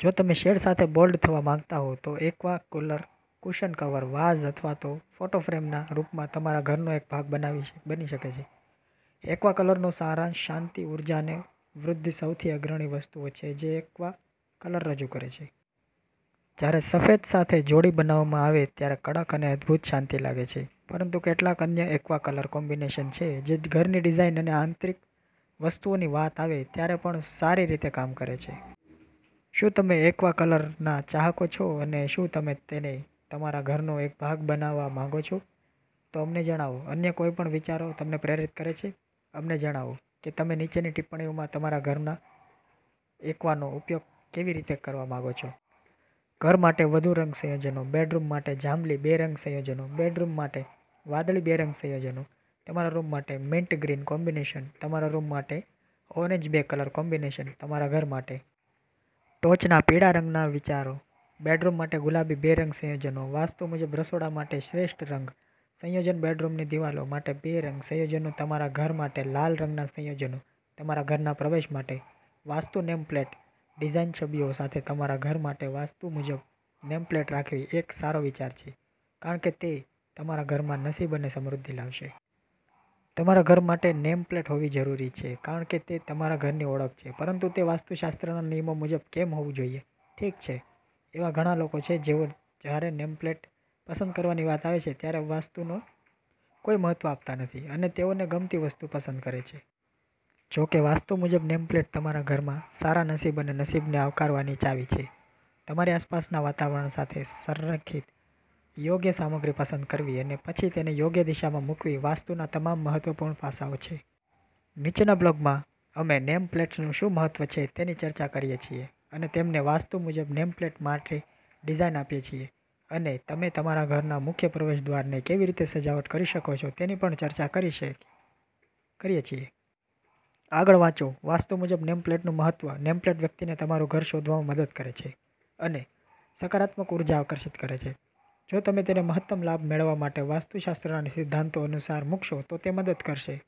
જો તમે શેડ સાથે બોલ્ડ થવા માંગતા હોવ તો aqua colour cushion cover, vase અથવા તો ફોટો ફ્રેમના રૂપમાં તમારા ઘરનો એક ભાગ બની શકે છે. એક્વા કલરનો સારાંશ શાંતિ, ઉર્જા અને વૃદ્ધિસૌથી અગ્રણી વસ્તુઓ છે જે એક્વા કલર રજૂ કરે છે. જ્યારે સફેદ સાથે જોડી બનાવવામાં આવે ત્યારે ઠંડક અને અદ્ભુત શાંતિ લાગે છે, પરંતુ કેટલાક અન્ય એક્વા કલર કોમ્બિનેશન છે જે ઘરની ડિઝાઇન અને આંતરિક વસ્તુઓની વાત આવે ત્યારે પણ સારી રીતે કામ કરે છે. શું તમે એક્વા કલરના ચાહક છો અને શું તમે તેને તમારા ઘરનો એક ભાગ બનાવવા માંગો છો? તો અમને જણાવો. અન્ય કોઈપણ વિચારો તમને પ્રેરિત કરે છે? અમને જણાવો કે તમે નીચેની ટિપ્પણીઓમાં તમારા ઘરમાં એક્વાનો ઉપયોગ કેવી રીતે કરવા માંગો છો. ઘર માટે વધુ રંગ સંયોજનો બેડરૂમ માટે જાંબલી બે રંગ સંયોજનો બેડરૂમ માટે વાદળી બે રંગ સંયોજનો તમારા રૂમ માટે મિન્ટ ગ્રીન કોમ્બિનેશન તમારા રૂમ માટે ઓરેન્જ બે કલર કોમ્બિનેશન તમારા ઘર માટે ટોચના પીળા રંગના વિચારો બેડરૂમ માટે ગુલાબી બે રંગ સંયોજનો વાસ્તુ મુજબ રસોડા માટે શ્રેષ્ઠ રંગ સંયોજન બેડરૂમની દિવાલો માટે બે રંગ સંયોજનો તમારા ઘર માટે લાલ રંગના સંયોજનો તમારા ઘરના પ્રવેશ માટે વાસ્તુ નેમ પ્લેટ ડિઝાઇનછબીઓ સાથે તમારા ઘર માટે વાસ્તુ મુજબ નેમ પ્લેટ રાખવીએક સારો વિચાર છે કારણ કે તે તમારા ઘરમાં નસીબ અને સમૃદ્ધિ લાવશે. તમારા ઘર માટે નેમ પ્લેટ હોવી જરૂરી છે કારણ કે તે તમારા ઘરની ઓળખ છે. પરંતુ તે વાસ્તુશાસ્ત્રના નિયમો મુજબ કેમ હોવું જોઈએ? ઠીક છે, એવા ઘણા લોકો છે જેઓ જ્યારે નેમ પ્લેટ પસંદ કરવાની વાત આવે છે ત્યારે વાસ્તુને કોઈ મહત્વ આપતા નથી અને તેઓને ગમતી વસ્તુ પસંદ કરે છે. જો કે, વાસ્તુ મુજબ નેમ પ્લેટ તમારા ઘરમાં સારા નસીબ અને નસીબને આવકારવાની ચાવી છે. તમારી આસપાસના વાતાવરણ સાથે સંરેખિત યોગ્ય સામગ્રી પસંદ કરવી અને પછી તેને યોગ્ય દિશામાં મૂકવી વાસ્તુના તમામ મહત્વપૂર્ણ પાસાઓ છે. નીચેના બ્લોગમાં, અમે નેમ પ્લેટ્સનું શું મહત્વ છે તેની ચર્ચા કરીએ છીએ, અને તમને વાસ્તુ મુજબ નેમ પ્લેટ માટે ડિઝાઇન આપીએ છીએ, અને તમે તમારા ઘરના મુખ્ય પ્રવેશદ્વારને કેવી રીતે સજાવટ કરી શકો છો તેની પણ ચર્ચા કરીએ છીએ. આગળ વાંચો વાસ્તુ મુજબ નેમ પ્લેટનું મહત્વ નેમપ્લેટ વ્યક્તિને તમારું ઘર શોધવામાં મદદ કરે છે અને સકારાત્મક ઊર્જા આકર્ષિત કરે છે. જો તમે તેને મહત્તમ લાભ મેળવવા માટે વાસ્તુશાસ્ત્રના સિદ્ધાંતો અનુસાર મુકશો તો તે મદદ કરશે.